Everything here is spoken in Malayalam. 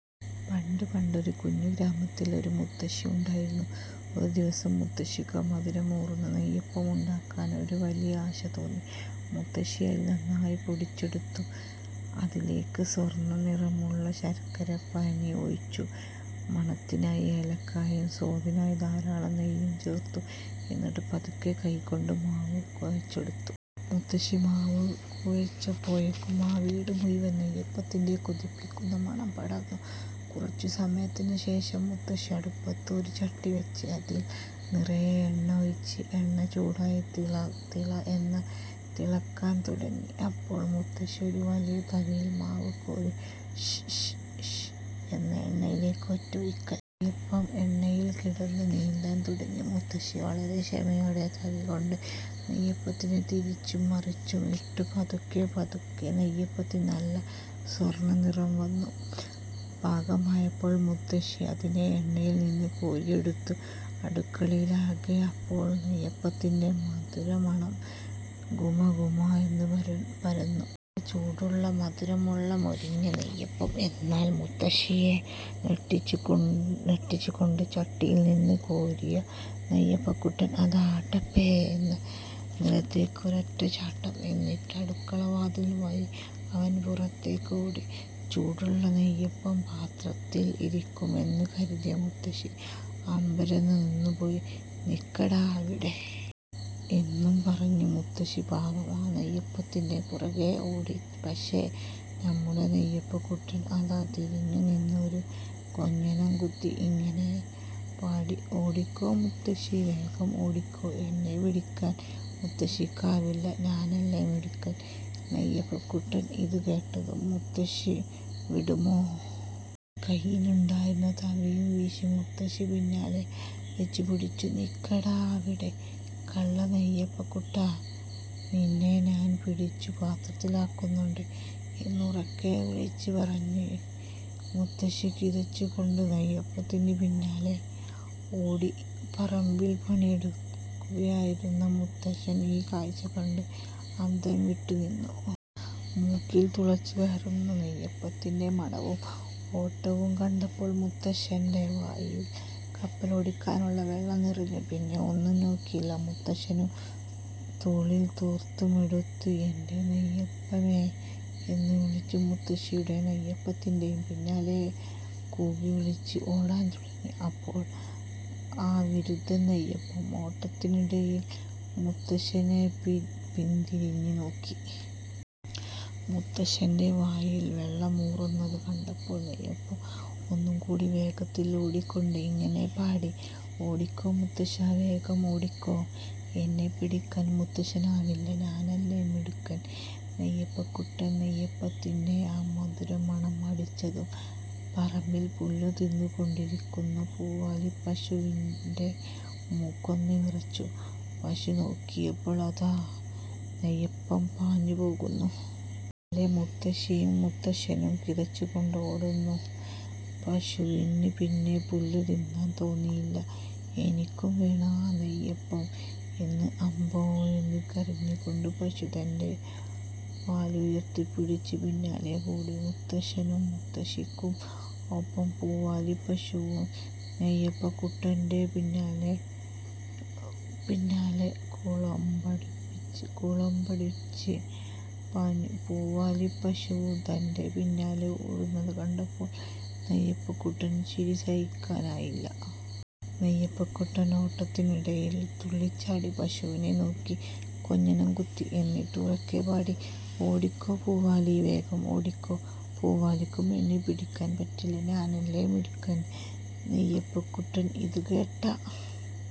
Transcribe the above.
പണ്ട് പണ്ടൊരു കുഞ്ഞു ഗ്രാമത്തിൽ ഒരു മുത്തശ്ശി ഉണ്ടായിരുന്നു. ഒരു ദിവസം മുത്തശ്ശിക്ക് മധുരമൂറുന്ന നെയ്യപ്പം ഉണ്ടാക്കാൻ ഒരു വലിയ ആശ തോന്നി. മുത്തശ്ശി അരി നന്നായി പൊടിച്ചെടുത്തു. അതിലേക്ക് സ്വർണ്ണനിറമുള്ള ശർക്കരപ്പാനി ഒഴിച്ചു. മണത്തിനായി ഏലക്കയും സ്വാദിനായി ധാരാളം നെയ്യും ചേർത്തു. എന്നിട്ട് പതുക്കെ കൈകൊണ്ട് മാവ് കുഴച്ചെടുത്തു. മുത്തശ്ശി മാവ് കുഴച്ചപ്പോഴേക്കും ആ വീടു മുഴുവൻ നെയ്യപ്പത്തിന്റെ കൊതിപ്പിക്കുന്ന മണം പടർന്നു. കുറച്ചു സമയത്തിനുശേഷം മുത്തശ്ശി അടുപ്പത്ത് ഒരു ചട്ടി വെച്ച് അതിൽ നിറയെ എണ്ണ ഒഴിച്ചു. എണ്ണ ചൂടായി 'തിള തിള' എന്ന് തിളയ്ക്കാൻ തുടങ്ങി. അപ്പോൾ മുത്തശ്ശി ഒരു വലിയ തവിയിൽ മാവ് കോരി 'ശ്ശ്ശ്ശ്ശ്… ' എന്ന് എണ്ണയിലേക്ക് ഒറ്റ ഒഴിക്കൽ! നെയ്യപ്പം എണ്ണയിൽ കിടന്ന് നീന്താൻ തുടങ്ങി. മുത്തശ്ശി വളരെ ക്ഷമയോടെ തവി കൊണ്ട് നെയ്യപ്പത്തിനെ തിരിച്ചും മറിച്ചും ഇട്ടു. പതുക്കെ പതുക്കെ നെയ്യപ്പത്തിന് നല്ല സ്വർണ്ണനിറം വന്നു. പാകമായപ്പോൾ മുത്തശ്ശി അതിനെ എണ്ണയിൽ നിന്നും കോരിയെടുത്തു. അടുക്കളയിലാകെ അപ്പോൾ നെയ്യപ്പത്തിന്റെ മധുരമണം ഗുമഗുമാ എന്ന് പരന്നു. നല്ല ചൂടുള്ള, മധുരമുള്ള, മൊരിഞ്ഞ നെയ്യപ്പം! എന്നാൽ മുത്തശ്ശിയെ ഞെട്ടിച്ചുകൊണ്ട്, ചട്ടിയിൽ നിന്ന് കോരിയ നെയ്യപ്പക്കുട്ടൻ അതാ ടപ്പേ എന്ന് നിലത്തേക്ക് ഒരൊറ്റ ചാട്ടം. എന്നിട്ട് അടുക്കളവാതിൽ വഴി അവൻ പുറത്തേക്ക് ഓടി. ചൂടുള്ള നെയ്യപ്പം പാത്രത്തിൽ ഇരിക്കുമെന്ന് കരുതിയ മുത്തശ്ശി അമ്പരന്നു നിന്നുപോയി. "നിൽക്കടാ അവിടെ! " എന്നും പറഞ്ഞ് മുത്തശ്ശി പാവം ആ നെയ്യപ്പത്തിന്റെ പുറകേ ഓടി. പക്ഷേ, നമ്മുടെ നെയ്യപ്പക്കുട്ടൻ അതാ തിരിഞ്ഞുനിന്ന് ഒരു കൊഞ്ഞനം കുത്തി ഇങ്ങനെ പാടി ഓടിക്കോ മുത്തശ്ശീ… വേഗം ഓടിക്കോ! എന്നെ പിടിക്കാൻ മുത്തശ്ശിക്കാവില്ല. ഞാനല്ലേ മിടുക്കൻ നെയ്യപ്പക്കുട്ടൻ! " ഇതുകേട്ടതും മുത്തശ്ശി വിടുമോ? കൈയിലുണ്ടായിരുന്ന തവിയും വീശി മുത്തശ്ശി പിന്നാലെ വച്ചുപിടിച്ചു. "നിൽക്കടാ അവിടെ കള്ള നെയ്യപ്പക്കുട്ടാ! നിന്നെ ഞാൻ പിടിച്ചു പാത്രത്തിലാക്കുന്നുണ്ട്! " എന്ന് ഉറക്കെ വിളിച്ചു പറഞ്ഞ് മുത്തശ്ശി കിതച്ചു കൊണ്ട് നെയ്യപ്പത്തിന് പിന്നാലെ ഓടി. പറമ്പിൽ പണിയെടുക്കുകയായിരുന്ന മുത്തശ്ശൻ ഈ കാഴ്ച കണ്ട് അന്തംവിട്ടു നിന്നു. മൂക്കിൽ തുളച്ചുകയറുന്ന നെയ്യപ്പത്തിന്റെ മണവും ഓട്ടവും കണ്ടപ്പോൾ മുത്തശ്ശന്റെ വായിൽ കപ്പലോടിക്കാനുള്ള വെള്ളം നിറഞ്ഞു! പിന്നെ ഒന്നും നോക്കിയില്ല, മുത്തശ്ശനും തോളിലെ തോർത്തുമെടുത്ത് "എന്റെ നെയ്യപ്പമേ… " എന്ന് വിളിച്ച് മുത്തശ്ശിയുടെയും നെയ്യപ്പത്തിന്റെയും പിന്നാലെ കൂകിവിളിച്ച് ഓടാൻ തുടങ്ങി. അപ്പോൾ ആ വിരുതൻ നെയ്യപ്പം ഓട്ടത്തിനിടയിൽ മുത്തശ്ശനെ പിന്തിരിഞ്ഞു നോക്കി. മുത്തശ്ശന്റെ വായിൽ വെള്ളമൂറുന്നത് കണ്ടപ്പോൾ നെയ്യപ്പം ഒന്നുകൂടി വേഗത്തിൽ ഓടിക്കൊണ്ട് ഇങ്ങനെ പാടി: "ഓടിക്കോ മുത്തശ്ശാ… വേഗം ഓടിക്കോ! എന്നെ പിടിക്കാൻ മുത്തശ്ശനാവില്ല. ഞാനല്ലേ മിടുക്കൻ നെയ്യപ്പക്കുട്ടൻ! നെയ്യപ്പത്തിന്റെ ആ മധുരമണം അടിച്ചതും പറമ്പിൽ പുല്ലു തിന്നുകൊണ്ടിരുന്ന പൂവാലി പശുവിന്റെ മൂക്ക് ഒന്ന് വിറച്ചു! പശു നോക്കിയപ്പോൾ അതാ ഒരു നെയ്യപ്പം പാഞ്ഞു പോകുന്നു. പിന്നാലെ മുത്തശ്ശിയും മുത്തശ്ശനും കിതച്ചുകൊണ്ട് ഓടുന്നു. പശുവിന് പിന്നെ പുല്ല് തിന്നാൻ തോന്നിയതേയില്ല! "എനിക്കും വേണം ആ നെയ്യപ്പം" എന്ന് അംബേ…. എന്ന് കരഞ്ഞുകൊണ്ട് പശു തന്റെ വാലുയർത്തിപ്പിടിച്ച് പിന്നാലെ കൂടി. മുത്തശ്ശനും മുത്തശ്ശിക്കും ഒപ്പം പൂവാലി പശുവും നെയ്യപ്പക്കുട്ടന്റെ പിന്നാലെ കുളമ്പടിച്ച് പാഞ്ഞു. പൂവാലി പശുവും തന്റെ പിന്നാലെ ഓടുന്നത് കണ്ടപ്പോൾ നെയ്യപ്പക്കുട്ടന് ചിരി സഹിക്കാനായില്ല. നെയ്യപ്പക്കുട്ടൻ ഓട്ടത്തിനിടയിൽ തുള്ളിച്ചാടി, പശുവിനെ നോക്കി കൊഞ്ഞനം കുത്തി! എന്നിട്ട് ഉറക്കെ പാടി: "ഓടിക്കോ പൂവാലീ… വേഗം ഓടിക്കോ! പൂവാലിക്കും എന്നെ പിടിക്കാൻ പറ്റില്ല! ഞാനല്ലേ മിടുക്കൻ നെയ്യപ്പക്കുട്ടൻ! " ഇതുകേട്ട